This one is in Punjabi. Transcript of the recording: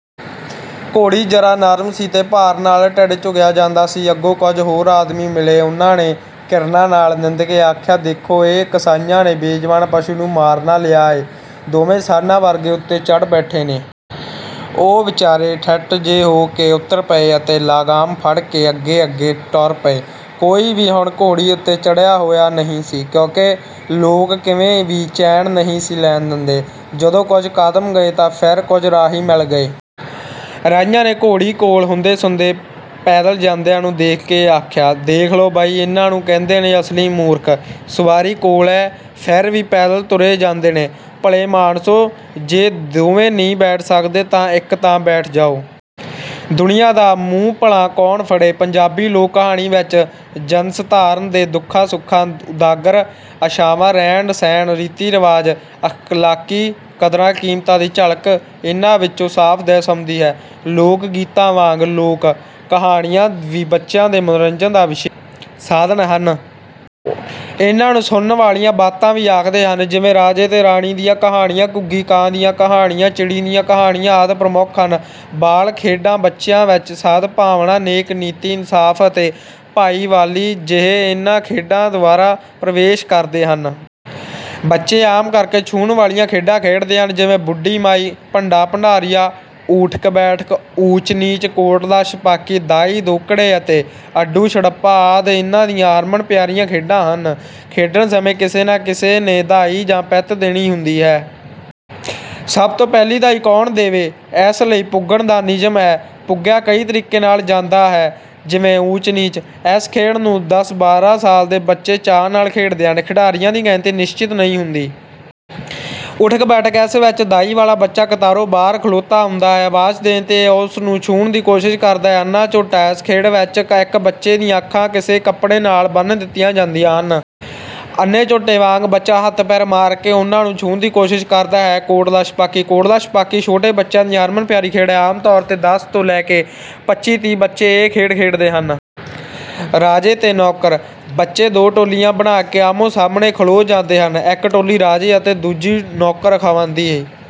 ਘੋੜੀ ਜ਼ਰਾ ਨਰਮ ਸੀ ਤੇ ਭਾਰ ਨਾਲ ਟਿਢ ਝੁਕਿਆ ਜਾਂਦਾ ਸੀ। ਅੱਗੋਂ ਕੁਝ ਹੋਰ ਆਦਮੀ ਮਿਲੇ ਉਨ੍ਹਾਂ ਨੇ ਘਿਰਣਾ ਨਾਲ ਨਿੰਦਕੇ ਆਖਿਆ ਦੇਖੋ ਇਹ ਕਸਾਈਆਂ ਨੇ ਬੇਜਾਨ ਪਸ਼ੂ ਨੂੰ ਮਾਰਨਾ ਲਿਆ ਏ ਦੋਵੇਂ ਸਾਨ੍ਹਾਂ ਵਰਗੇ ਉੱਤੇ ਚੜ੍ਹੇ ਬੈਠੇ ਨੇ। ਉਹ ਵਿਚਾਰੇ ਠਿੱਠ ਜੇ ਹੋਕੇ ਉੱਤਰ ਪਏ ਅਤੇ ਲਗਾਮ ਫੜਕੇ ਅੱਗੇ ਅੱਗੇ ਟੁਰ ਪਏ। ਕੋਈ ਵੀ ਹੁਣ ਘੋੜੀ ਉੱਤੇ ਚੜ੍ਹਿਆ ਹੋਇਆ ਨਹੀਂ ਸੀ। ਕਿਉਂਕੀ ਲੋਕ ਕਿਵੇਂ ਵੀ ਚੈਨ ਨਹੀਂ ਸੀ ਲੈਣ ਦਿੰਦੇ। ਜਦੋਂ ਕੁਝ ਕਦਮ ਗਏ ਤਾਂ ਫਿਰ ਕੁਝ ਰਾਹੀ ਮਿਲ ਗਏ। ਰਾਹੀਆਂ ਨੇ ਘੋੜੀ ਕੋਲ ਹੁੰਦੇ ਸੁੰਦੇ ਪੈਦਲ ਤੁਰੇ ਜਾਂਦਿਆਂ ਨੂੰ ਦੇਖਕੇ ਆਖਿਆ ਦੇਖਲਓ ਬਈ ਇਨ੍ਹਾਂ ਨੂੰ ਕਹਿੰਦੇ ਨੇ ਅਸਲੀ ਮੂਰਖ। ਸੁਆਰੀ ਕੋਲ ਹੈ ਫਿਰ ਵੀ ਪੈਦਲ ਤੁਰੇ ਜਾਂਦੇ ਨੇ। ਭਲੇ ਮਾਣਸੋ ਜੇ ਦੋਵੇਂ ਨੀ ਬੈਠ ਸਕਦੇ ਤਾਂ ਇੱਕ ਤਾਂ ਬੈਠ ਜਾਓ। ਦੁਨੀਆਂ ਦਾ ਮੂੰਹ ਭਲਾਂ ਕੌਣ ਫੜੇ। ਪੰਜਾਬੀ ਲੋਕ ਕਹਾਣੀ ਵਿੱਚ ਜਨਸਧਾਰਨ ਦੇ ਦੁੱਖਾਂ ਸੁੱਖਾਂ ਉਦਗਾਰਾਂ ਆਸ਼ਾਵਾਂ ਰਹਿਣ ਸਹਿਣ ਰੀਤੀ ਰਿਵਾਜ ਅਖਲਾਕੀ ਕਦਰਾਂ ਕੀਮਤਾਂ ਦੀ ਝਲਕ ਇਨ੍ਹਾਂ ਵਿੱਚੋਂ ਸਾਫ ਦਿਸ ਆਉਂਦੀ ਹੈ। ਲੋਕ ਗੀਤਾਂ ਵਾਂਗ ਲੋਕ ਕਹਾਣੀਆਂ ਵੀ ਬੱਚਿਆਂ ਦੇ ਮਨੋਰੰਜਨ ਦਾ ਵਿਸ਼ੇਸ਼ ਸਾਧਨ ਹਨ। ਇਨ੍ਹਾਂ ਨੂੰ ਸੁਨਣ ਵਾਲੀਆਂ ਬਾਤਾਂ ਵੀ ਆਖਦੇ ਹਨ। ਜਿਵੇਂ ਰਾਜੇ ਤੇ ਰਾਣੀ ਦੀਆਂ ਕਹਾਣੀਆਂ ਘੁੱਗੀ ਕਾਂ ਦੀਆਂ ਕਹਾਣੀਆਂ ਚਿੜੀ ਦੀਆਂ ਕਹਾਣੀਆਂ ਆਦਿ ਪ੍ਰਮੁੱਖ ਹਨ। ਬਾਲ ਖੇਡਾਂ ਬੱਚਿਆਂ ਵਿੱਚ ਸਦ ਭਾਵਨਾ ਨੇਕ ਨੀਤੀ ਇਨਸਾਫ ਅਤੇ ਭਾਈਵਾਲੀ ਜਿਹੇ ਇਨ੍ਹਾਂ ਖੇਡਾਂ ਦੁਆਰਾ ਪ੍ਰਵੇਸ਼ ਕਰਦੇ ਹਨ। ਬੱਚੇ ਆਮ ਕਰਕੇ ਛੂਹਣ ਵਾਲੀਆਂ ਖੇਡਾਂ ਖੇਡਦੇ ਹਨ। ਜਿਵੇਂ ਬੁੱਢੀ ਮਾਈ ਭੰਡਾ ਭੰਡਾਰੀਆ ਊਠਕ ਬੈਠਕ ਊਚ ਨੀਚ ਕੋਟਲਾ ਛਪਾਕੀ ਦਾਈਆਂ ਦੁਹਕੜੇ ਅਤੇ ਅੱਡੂ ਛੱਡਪਾ ਆਦਿ ਇਨ੍ਹਾਂ ਦੀਆਂ ਹਰਮਨ ਪਿਆਰੀਆਂ ਖੇਡਾਂ ਹਨ। ਖੇਡਣ ਸਮੇਂ ਕਿਸੇ ਨਾ ਕਿਸੇ ਨੇ ਦਾਈ ਜਾਂ ਪਿੱਤ ਦੇਣੀ ਹੁੰਦੀ ਹੈ। ਸਭ ਤੋਂ ਪਹਿਲੀ ਦਾਈ ਕੌਣ ਦੇਵੇ ਇਸਲਈ ਪੁੱਗਣ ਦਾ ਨਿਯਮ ਹੈ। ਪੁੱਗਿਆ ਕਈ ਤਰੀਕੇ ਨਾਲ ਜਾਂਦਾ ਹੈ। ਜਿਵੇਂ ਊਚ ਨੀਚ। ਇਸ ਖੇਡ ਨੂੰ ਦਸ ਬਾਰਾਂ ਸਾਲ ਦੇ ਬੱਚੇ ਚਾਅ ਨਾਲ ਖੇਡਦੇ ਹਨ। ਖਿਡਾਰੀਆਂ ਦੀ ਗਿਣਤੀ ਨਿਸ਼ਚਿਤ ਨਹੀਂ ਹੁੰਦੀ। ਊਠਕ ਬੈਠਕ ਇਸ ਵਿੱਚ ਦਾਈ ਵਾਲਾ ਬੱਚਾ ਕਤਾਰੋਂ ਬਾਹਰ ਖਲੋਤਾ ਹੁੰਦਾ ਹੈ। ਆਵਾਜ਼ ਦੇਣ ਤੇ ਉਸਨੂੰ ਛੂਹਣ ਦੀ ਕੋਸ਼ੀਸ਼ ਕਰਦਾ ਹੈ। ਅੰਨ੍ਹਾਂ ਝੋਟਾ। ਇਸ ਖੇਡ ਵਿੱਚ ਇੱਕ ਬੱਚੇ ਦੀਆਂ ਅੱਖਾਂ ਕਿਸੇ ਕੱਪੜੇ ਨਾਲ ਬੰਨ ਦਿੱਤੀਆਂ ਜਾਂਦੀਆਂ ਹਨ। ਅੰਨੇ ਝੋਟੇ ਵਾਂਗ ਬੱਚਾ ਹੱਥ ਪੈਰ ਮਾਰਕੇ ਉਨ੍ਹਾਂ ਨੂੰ ਛੂਹਣ ਦੀ ਕੋਸ਼ਿਸ਼ ਕਰਦਾ ਹੈ। ਕੋਟਲਾ ਛਪਾਕੀ। ਕੋਟਲਾ ਛਪਾਕੀ ਛੋਟੇ ਬੱਚਿਆਂ ਦੀ ਹਰਮਨਪਿਆਰੀ ਖੇਡ ਹੈ। ਆਮ ਤੌਰ ਤੇ ਦਸ ਤੋਂ ਲੈਕੇ ਪੱਚੀ ਤੀਹ ਬੱਚੇ ਇਹ ਖੇਡ ਖੇਡਦੇ ਹਨ। ਰਾਜੇ ਤੇ ਨੌਕਰ। ਬੱਚੇ ਦੋ ਟੋਲੀਆਂ ਬਣਾਕੇ ਆਹਮੋ ਸਾਹਮਣੇ ਖਲੋ ਜਾਂਦੇ ਹਨ। ਇੱਕ ਟੋਲੀ ਰਾਜੇ ਅਤੇ ਦੂਜੀ ਨੌਕਰ ਅਖਵਾਂਦੀ